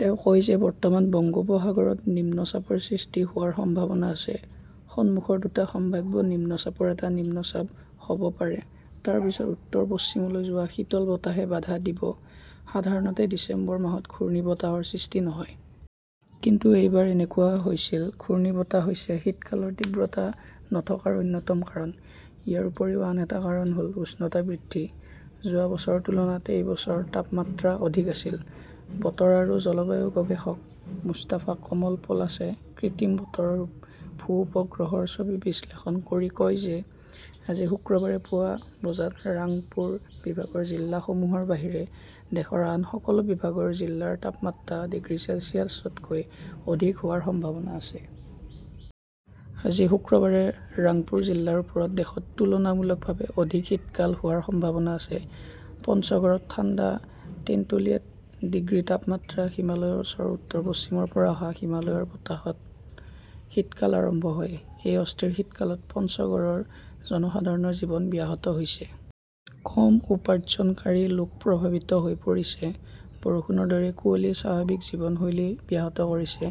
তেওঁ কয় যে বৰ্তমান বংগোপসাগৰত নিম্নচাপৰ সৃষ্টি হোৱাৰ সম্ভাৱনা আছে। সন্মুখৰ দুটা সম্ভাৱ্য নিম্নচাপৰ এটা নিম্নচাপ হ "ব পাৰে। তাৰ পিছত উত্তৰ-পশ্চিমলৈ যোৱা শীতল বতাহে বাধা দিব। সাধাৰণতে ডিচেম্বৰ মাহত ঘূৰ্ণীবতাহৰ সৃষ্টি নহয়। কিন্তু এইবাৰ এনেকুৱা হৈছিল। ঘূৰ্ণীবতাহ হৈছে শীতকালৰ তীব্ৰতা নথকাৰ অন্যতম কাৰণ। ইয়াৰ উপৰিও আন এটা কাৰণ হ "ল উষ্ণতা বৃদ্ধি। যোৱা বছৰৰ তুলনাত এই বছৰ তাপমাত্ৰা অধিক আছিল। বতৰ আৰু জলবায়ু গৱেষক মুস্তাফা কমল পলাশে কৃত্ৰিম বতৰৰ ভূ-উপগ্ৰহৰ ছবি বিশ্লেষণ কৰি কয় যে আজি শুক্ৰবাৰে পুৱা বজাত ৰাংপুৰ বিভাগৰ জিলাসমূহৰ বাহিৰে দেশৰ আন সকলো বিভাগৰ জিলাৰ তাপমাত্ৰা ডিগ্ৰী চেলছিয়াছতকৈ অধিক হোৱাৰ সম্ভাৱনা আছে। আজি শুক্ৰবাৰে ৰাংপুৰ জিলাৰ ওপৰত দেশত তুলনামূলকভাৱে অধিক শীতকাল হোৱাৰ সম্ভাৱনা আছে। পঞ্চগড়ত ঠাণ্ডা, টেন্টুলিয়াত ডিগ্ৰী তাপমাত্ৰা হিমালয়ৰ ওচৰৰ উত্তৰ-পশ্চিমৰ পৰা অহা হিমালয়ৰ বতাহত শীতকাল আৰম্ভ হয়। এই অস্থিৰ শীতকালত পঞ্চগড়ৰ জনসাধাৰণৰ জীৱন ব্যাহত হৈছে। কম উপাৰ্জনকাৰী লোক প্ৰভাৱিত হৈ পৰিছে। বৰষুণৰ দৰে কুঁৱলীয়ে স্বাভাৱিক জীৱনশৈলী ব্যাহত কৰিছে।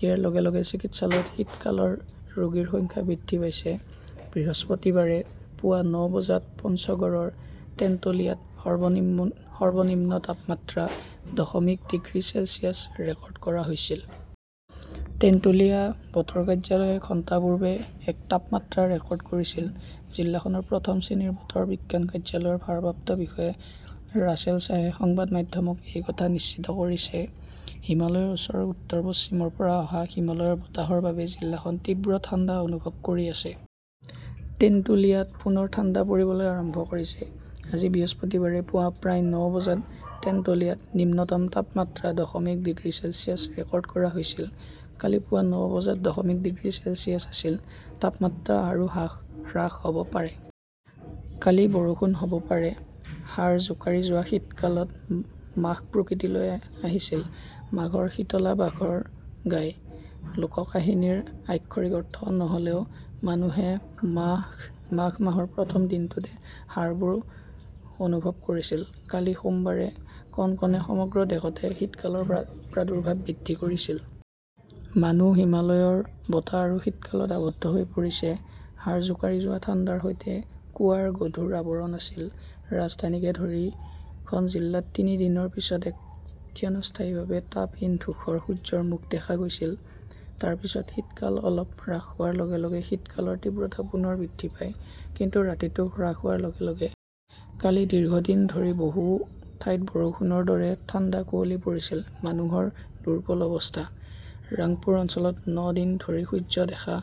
ইয়াৰ লগে লগে চিকিৎসালয়ত শীতকালৰ ৰোগীৰ সংখ্যা বৃদ্ধি পাইছে। বৃহস্পতিবাৰে পুৱা ন বজাত পঞ্চগড়ৰ তেন্তুলিয়াত সৰ্বনিম্ন তাপমাত্ৰা দশমিক ডিগ্ৰী চেলছিয়াছ ৰেকৰ্ড কৰা হৈছিল। টেন্টুলিয়া বতৰ কাৰ্যালয়ে ঘণ্টা পূৰ্বে একে তাপমাত্ৰা ৰেকৰ্ড কৰিছিল। জিলাখনৰ প্ৰথম শ্ৰেণীৰ বতৰ বিজ্ঞান কাৰ্যালয়ৰ ভাৰপ্ৰাপ্ত বিষয়া ৰাছেল শ্বাহে সংবাদ মাধ্যমক এই কথা নিশ্চিত কৰিছে। "হিমালয়ৰ ওচৰৰ উত্তৰ-পশ্চিমৰ পৰা অহা হিমালয়ৰ বতাহৰ বাবে জিলাখন তীব্ৰ ঠাণ্ডা অনুভৱ কৰি আছে। টেন্টুলিয়াত পুনৰ ঠাণ্ডা পৰিবলৈ আৰম্ভ কৰিছে। আজি বৃহস্পতিবাৰে পুৱা প্ৰায় ন বজাত তেন্তুলিয়াত নিম্নতম তাপমাত্ৰা দশমিক ডিগ্ৰী চেলছিয়াছ ৰেকৰ্ড কৰা হৈছিল। কালি পুৱা ন বজাত দশমিক ডিগ্ৰী চেলছিয়াছ আছিল। তাপমাত্ৰা আৰু হ্ৰাস হ "ব পাৰে। "। কালি বৰষুণ হ "ব পাৰে হাড় জোকাৰি যোৱা শীতকালত মাঘ প্ৰকৃতিলৈ আহিছিল। 'মাঘৰ শীতলা বাঘৰ গাই "-লোককাহিনীৰ আক্ষৰিক অৰ্থ নহ" লেও, মানুহে মাঘ মাহৰ প্ৰথম দিনটোত হাড়বোৰ অনুভৱ কৰিছিল। কালি সোমবাৰে কনকনে সমগ্ৰ দেশতে শীতকালৰ প্ৰাদুৰ্ভাৱ বৃদ্ধি কৰিছিল। মানুহ হিমালয়ৰ বতাহ আৰু শীতকালত আৱদ্ধ হৈ পৰিছে। হাড় জোকাৰি যোৱা ঠাণ্ডাৰ সৈতে কুৱাৰ গধুৰ আৱৰণ আছিল। ৰাজধানীকে ধৰি খন জিলাত তিনি দিনৰ পিছত এক ক্ষণস্থায়ীভাৱে তাপহীন-ধূসৰ সূৰ্যৰ মুখ দেখা গৈছিল। তাৰ পিছত শীতকাল অলপ হ্ৰাস হোৱাৰ লগে লগে শীতকালৰ তীব্ৰতা পুনৰ বৃদ্ধি পায়, কিন্তু ৰাতিটো হ্ৰাস হোৱাৰ লগে লগে। কালি দীৰ্ঘদিন ধৰি বহু ঠাইত বৰষুণৰ দৰে ডাঠ কুঁৱলী পৰিছিল। মানুহৰ দুৰ্বল অৱস্থা। ৰাংপুৰ অঞ্চলত ন দিন ধৰি সূৰ্য দেখা